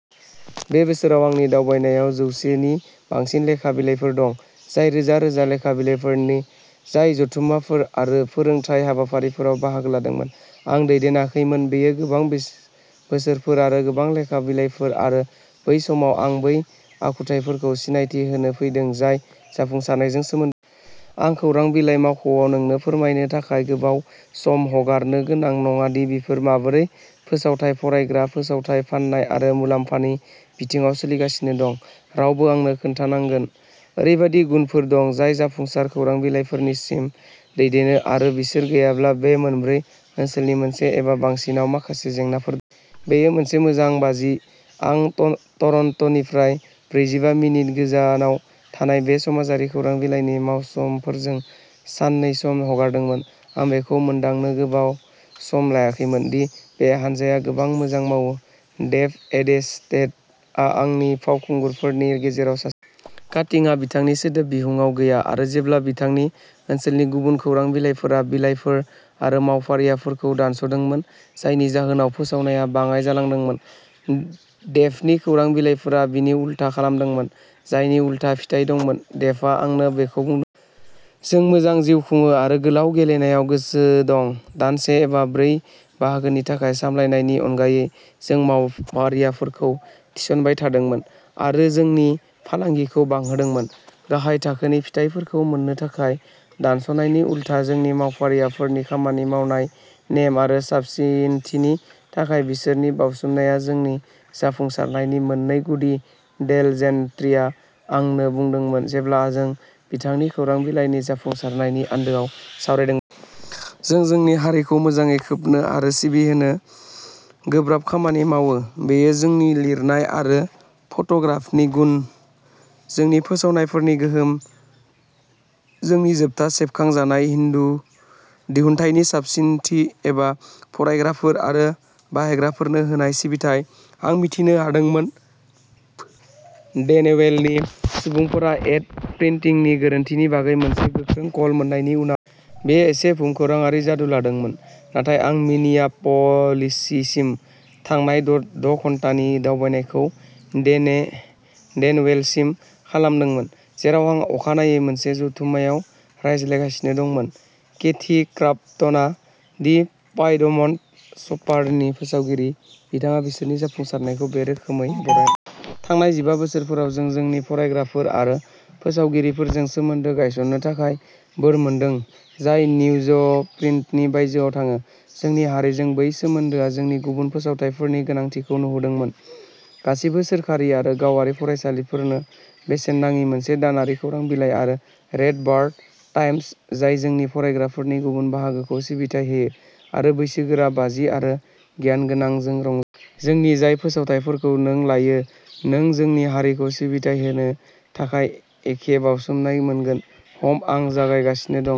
बे बोसोराव आंनि दावबायनायाव जौसे नि बांसिन लेखा बिलाइफोर दं। जाय रोजा रोजा लेखा बिलाइफोर जाय जथुममाफोर आरो फोरोंथाय हाबाफारिफोराव बाहागो लादोंमोन। आं दैदेनाखैमोन। बेयो गोबां बोसोरफोर आरो गोबां लेखा बिलाइफोर आरो बै समाव आं बै आखुथाइफोरखौ सिनायथि होनो फैदों जाय जाफुंसारनायजों सोमोन्दो दं। आं खौरां बिलाइ मावख'आव नोंनो फोरमायनो थाखाय गोबाव सम हगारनो गोनां नङा दि बिसोर माबोरै फोसावथाय फरायग्रा फोसावथाय फाननाय आरो मुलाम्फानि बिथिङाव सोलिगासिनो दं। रावबो आंनो खोन्थानांगोन। ओरैबायदि गुनफोर दं जाय जाफुंसार खौरां बिलाइफोरसिम दैदेननो आरो बिसोर गैयाब्ला बे मोनब्रै ओनसोलनि मोनसे एबा बांसिनआव माखासे जेंनाफोर दं। बेयो मोनसे मोजां बाजि। आं टरन्ट'निफ्राय ब्रैजिबा मिनिट गोजानाव थानाय बे समाजारि खौरां बिलाइनि मावसाफोरजों साननै सम हगारदोंमोन। आं बेखौ मोनदांनो गोबाव सम लायाखैमोन दि बे हानजाया गोबां मोजां मावो। डेभ एडसेटआ आंनि फावखुंगुरफोरनि गेजेराव सासे। काटिंआ बिथांनि सोदोब बिहुंआव गैया आरो जेब्ला बिथांनि ओनसोलनि गुबुन खौरां बिलाइफोरा बिलाइफोर आरो मावफारियाफोरखौ दानस'दोंमोन। जायनि जाहोनाव फोसावनाया बाङाइ जालांदोंमोन। डेभनि खौरां बिलाइफोरा बिनि उलथा खालामदोंमोन। जायनि उलथा फिथाय दंमोन। डेभआ आंनो बेखौ बुंदोंमोन। जों मोजां जिउ खुङो आरो गोलाव गेलेनायाव गोसो दं। दानसे एबा ब्रै बाहागोनि थाखाय सामलायनायनि अनगायै। जों मावफारियाफोरखौ थिसनबाय थादोंमोन आरो जोंनि फालांगिखौ बांहोदोंमोन। गाहाय थाखोनि फिथायफोरखौ मोननो थाखाय दानस'नायनि उलथा। जोंनि मावफारियाफोरनि खामानि मावनाय नेम आरो साबसिनथिनि थाखाय बिसोरनि बाउसोमनाया जोंनि जाफुंसारनायनि मोननै गुदि डेल जेनट्रीआ आंनो बुंदोंमोन जेब्ला जों बिथांनि खौरां बिलाइनि जाफुंसारनायनि आन्दोआव सावरायदोंमोन। जों जोंनि हारिखौ मोजाङै खोबनो आरो सिबिहोनो गोब्राब खामानि मावो बेयो जोंनि लिरनाय आरो फट'ग्राफिनि गुन जोंनि फोसावनायफोरनि गोहोम जोंनि जोबथा सेबखांजानाय दिहुनथायनि साबसिनथि एबा फरायग्राफोर आरो बायग्राफोरनो होनाय सिबिथाइ। आं मिथिनो हादोंमोन डेनवेलनि सुबुंफोरा एड प्रिनटिंनि गोरोन्थिनि बागै मोनसे गोख्रों कल मोननायनि उनाव। बेयो एसे भुमखौराङारि जादु लादोंमोन नाथाय आं मिनियाप'लिससिम थांनाय द' द' घन्टानि दावबायनायखौ डेने डेनवेलसिम खालामदोंमोन जेराव आं अखानायै मोनसे जथुमनायाव रायज्लायगासिनो दंमोन। केथी क्राम्पटनआ दि पाइडमन्ट शपारनि फोसावगिरि। बिथाङा बिसोरनि जाफुंसारनायखौ बे रोखोमै बरनायो। थांनाय जिबा बोसोरफोराव जों जोंनि फरायग्राफोर आरो फोसावगिरिफोरजों सोमोन्दो गायसननो थाखाय बोर मोनदों जाय निउजप्रिन्टनि बायजोआव थाङो। जोंनि हारिजों बै सोमोन्दोआ जोंनि गुबुन फोसावथायफोरनि गोनांथिखौ नुहोदोंमोन। गासिबो सोरखारि आरो गावारि फरायसालिफोरनो बेसेन नाङि मोनसे दानारि खौरां बिलाइ आरो रेड बार्ड टाइम्स जाय जोंनि फरायग्राफोरनि गुबुन बाहागोखौ सिबिथाइ होयो आरो बैसोगोरा बाजि आरो गियानगोनां जों रंजायो। जोंनि जाय फोसावथाइफोरखौ नों लायो नों जोंनि हारिखौ सिबिथाइ होनो थाखाय एखे बाउसोमनाय मोनगोन। हम आं जागायगासिनो दं।